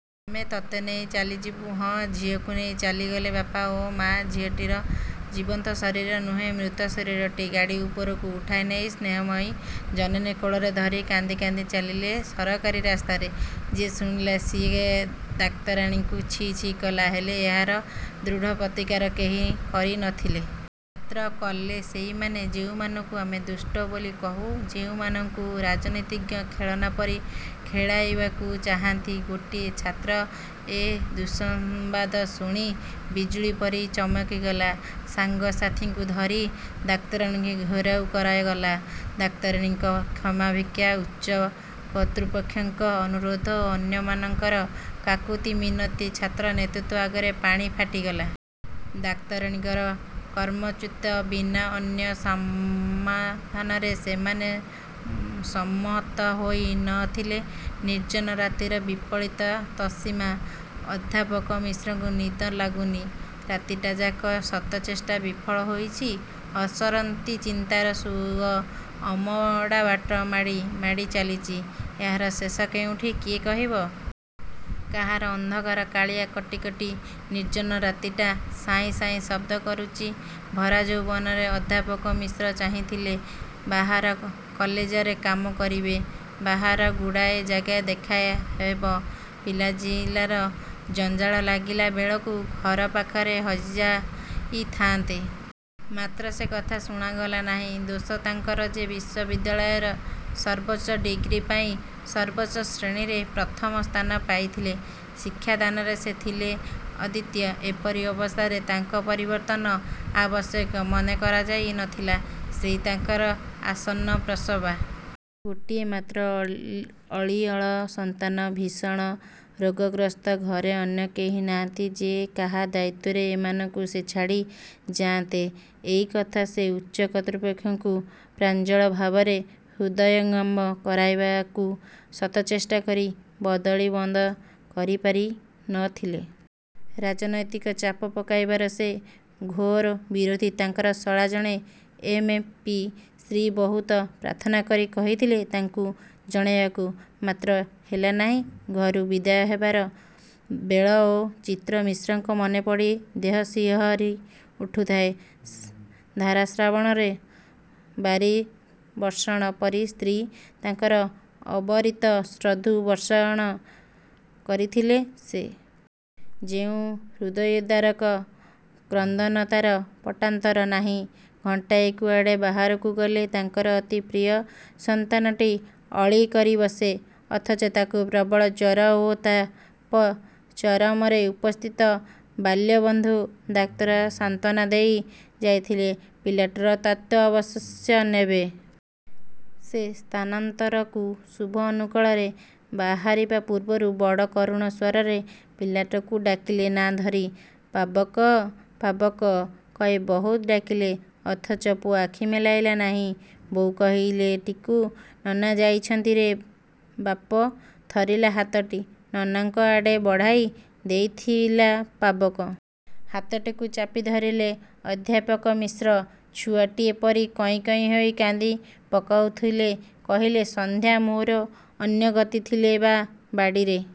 ଆମେ ତତେ ନେଇ ଚାଲିଯିବୁ। ହଁ, ଝିଅକୁ ନେଇ ଚାଲିଗଲେ ବାପା ଓ ମା। ଝିଅଟିର ଜୀବନ୍ତ ଶରୀର ନୁହେଁ ମୃତ ଶରୀରଟି। ଗାଡ଼ି ଉପରକୁ ଉଠାଇ ନେଇ ସ୍ନେହମୟୀ ଜନନୀ କୋଳରେ ଧରି କାନ୍ଦି କାନ୍ଦି ଚାଲିଲେ ସରକାରୀ ରାସ୍ତାରେ। ଯିଏ ଶୁଣିଲା, ସିଏ ଡାକ୍ତରାଣୀଙ୍କୁ ଛି ଛି କଲା, ହେଲେ ଏହାର ଦୃଢ଼ ପ୍ରତିକାର କେହି କରି ନ ଥିଲେ। ମାତ୍ର କଲେ ସେଇମାନେ, ଯେଉଁମାନଙ୍କୁ ଆମେ ଦୁଷ୍ଟ ବୋଲି କହୁଁ। ଯେଉଁମାନଙ୍କୁ ରାଜନୀତିଜ୍ଞ ଖେଳନା ପରି ଖେଳାଇବାକୁ ଚାହାନ୍ତି। ଗୋଟିଏ ଛାତ୍ର ଏ ଦୁଃସମ୍ବାଦ ଶୁଣି ବିଜୁଳି ପରି ଚମକିଗଲା, ସାଙ୍ଗସାଥୀଙ୍କୁ ଧରି ଡାକ୍ତରାଣୀଙ୍କୁ ଘେରାଉ କରାଗଲା। ଡାକ୍ତରାଣୀଙ୍କ କ୍ଷମାଭିକ୍ଷା, ଉଚ୍ଚ କର୍ତ୍ତୃପକ୍ଷଙ୍କ ଅନୁରୋଧ ଓ ଅନ୍ୟମାନଙ୍କର କାକୁତି ମିନତୀ ଛାତ୍ର ନେତୃତ୍ୱ ଆଗରେ ପାଣି ଫାଟିଗଲା। ଡାକ୍ତରାଣୀଙ୍କ କର୍ମଚ୍ୟୁତ ବିନା ଅନ୍ୟ ସମାଧାନରେ ସେମାନେ ସମ୍ମତ ହୋଇ ନ ଥିଲେ। ନିର୍ଜନ ରାତିର ବିଳପିତ ତମିଶ୍ରା ଅଧ୍ୟାପକ ମିଶ୍ରଙ୍କୁ ନିଦ ଲାଗୁନି। ରାତିଟାଯାକ ଶତଚେଷ୍ଟା ବିଫଳ ହେଇଚି। ଅସରନ୍ତି ଚିନ୍ତାର ସୁଅ ଅମଡ଼ାବାଟ ମାଡ଼ି ମାଡ଼ି ଚାଲିଚି। ଏହାର ଶେଷ କେଉଁଠି, କିଏ କହିବ। ବାହାର ଅନ୍ଧକାର କାଳିଆ କଟି କଟି। ନିର୍ଜନ ରାତିଟା ସାଇଁ ସାଇଁ ଶବ୍ଦ କରୁଚି। ଭରା ଯୌବନରେ ଅଧ୍ୟାପକ ମିଶ୍ର ଚାହିଁଥିଲେ ବାହାର କଲେଜରେ କାମ କରିବେ। ବାହାରର ଗୁଡ଼ାଏ ଜାଗା ଦେଖା ହେବ। ପିଲାଝିଲାର ଜଞ୍ଜାଳ ଲାଗିଲା ବେଳକୁ ଘର ପାଖରେ ରହିଯାଇ ଥାଆନ୍ତେ। ମାତ୍ର ସେ କଥା ଶୁଣାଗଲା ନାହିଁ। ଦୋଷ ତାଙ୍କର ଯେ, ବିଶ୍ୱବିଦ୍ୟାଳୟର ସର୍ବୋଚ୍ଚ ଡ଼ିଗ୍ରୀ, ପାଇ ସର୍ବୋଚ୍ଚ ଶ୍ରେଣୀରେ ପ୍ରଥମ ସ୍ଥାନ ପାଇଥିଲେ। ଶିକ୍ଷାଦାନରେ ସେ ଥିଲେ ଅଦ୍ୱିତୀୟ! ଏପରି ଅବସ୍ଥାରେ ତାଙ୍କ ପରିବର୍ତ୍ତନ ଆବଶ୍ୟକୀୟ ମନେ କରାଯାଇ ନ ଥିଲା। ସ୍ତ୍ରୀ ତାଙ୍କର ଆସନ୍ନପ୍ରସବା। ଗୋଟିଏ ମାତ୍ର ଅଳିଅଳ ସନ୍ତାନ ଭୀଷଣ ରୋଗଗ୍ରସ୍ତ। ଘରେ ଅନ୍ୟ କେହି ନାହାନ୍ତି ଯେ, କାହା ଦାୟିତ୍ୱରେ ଏମାନଙ୍କୁ ସେ ଛାଡ଼ି ଯାଆନ୍ତେ। ଏଇ କଥା ସେ ଉଚ୍ଚ କର୍ତ୍ତୃପକ୍ଷଙ୍କୁ ପ୍ରାଞ୍ଜଳ ଭାବରେ ହୃଦୟଙ୍ଗମ କରାଇବାକୁ ଶତଚେଷ୍ଟା କରି ବଦଳି ବନ୍ଦ କରି ପାରି ନ ଥିଲେ। ରାଜନୈତିକ ଚାପ ପକାଇବାର ସେ ଘୋର ବିରୋଧୀ ତାଙ୍କର ଶଳା ଜଣେ ଏମ୍, ପି,। ସ୍ତ୍ରୀ ବହୁତ ପ୍ରାର୍ଥନା କରି କହିଥିଲେ ତାଙ୍କୁ ଜଣାଇବାକୁ। ମାତ୍ର ହେଲା ନାହିଁ। ଘରୁ ବିଦାୟ ହେବାର ବେଳ ଓ ଚିତ୍ର ମିଶ୍ରଙ୍କ ମନେପଡ଼ି ଦେହ ଶିହରି ଉଠୁଥାଏ। ଧାରାଶ୍ରାବଣର ବାରି ବର୍ଷଣ ପରି ସ୍ତ୍ରୀ ତାଙ୍କର ଅବରିତ ଅଶ୍ରୁ ବର୍ଷଣ କରିଥିଲେ ସେ। ଯେଉଁ ହୃଦ୍ବିଦାରକ କ୍ରନ୍ଦନ ତାର ପଟାନ୍ତର ନାହିଁ। ଘଣ୍ଟାଏ କୁଆଡ଼େ ବାହାରକୁ ଗଲେ ତାଙ୍କର ଅତି ପ୍ରିୟ ସନ୍ତାନଟି ଅଳି କରିବସେ। ଅଥଚ ତାକୁ ପ୍ରବଳ ଜ୍ୱର ଓ ତାପ ଚରମରେ ଉପସ୍ଥିତ। ବାଲ୍ୟବନ୍ଧୁ ଡାକ୍ତର ସାନ୍ତ୍ୱନା ଦେଇ ଯାଇଥିଲେ, ପିଲାଟିର ତତ୍ତ୍ୱ ଅବଶ୍ୟ ନେବେ। ସେ ସ୍ଥାନାନ୍ତରକୁ ଶୁଭ ଅନୁକୂଳରେ ବାହାରିବା ପୂର୍ବରୁ ବଡ଼ କରୁଣ ସ୍ୱରରେ ପିଲାଟିକୁ ଡାକିଲେ ନାଁ ଧରି। 'ପାବକ' 'ପାବକ' କହି ବହୁତ ଡାକିଲେ-। ଅଥଚ ପୁଅ ଆଖି ମେଲାଇଲା ନାହିଁ। ବୋଉ କହିଲେ 'ଟିକୁ', ନନା ଯାଉଚନ୍ତିରେ ବାପ-! ଥରିଲା ହାତଟି ନନାଙ୍କ ଆଡ଼େ ବଢ଼ାଇ ଦେଇଥିଲା ପାବକ। ହାତଟିକୁ ଚାପି ଧରିଲେ ଅଧ୍ୟାପକ ମିଶ୍ର-। ଛୁଆଟିଏ ପରି କଇଁ କଇଁ ହୋଇ କାନ୍ଦି ପକାଇଥିଲେ କହିଲେ—ସନ୍ଧ୍ୟା, ମୋର ଅନ୍ୟଗତି ଥିଲେ ବା ବାଡ଼ିରେ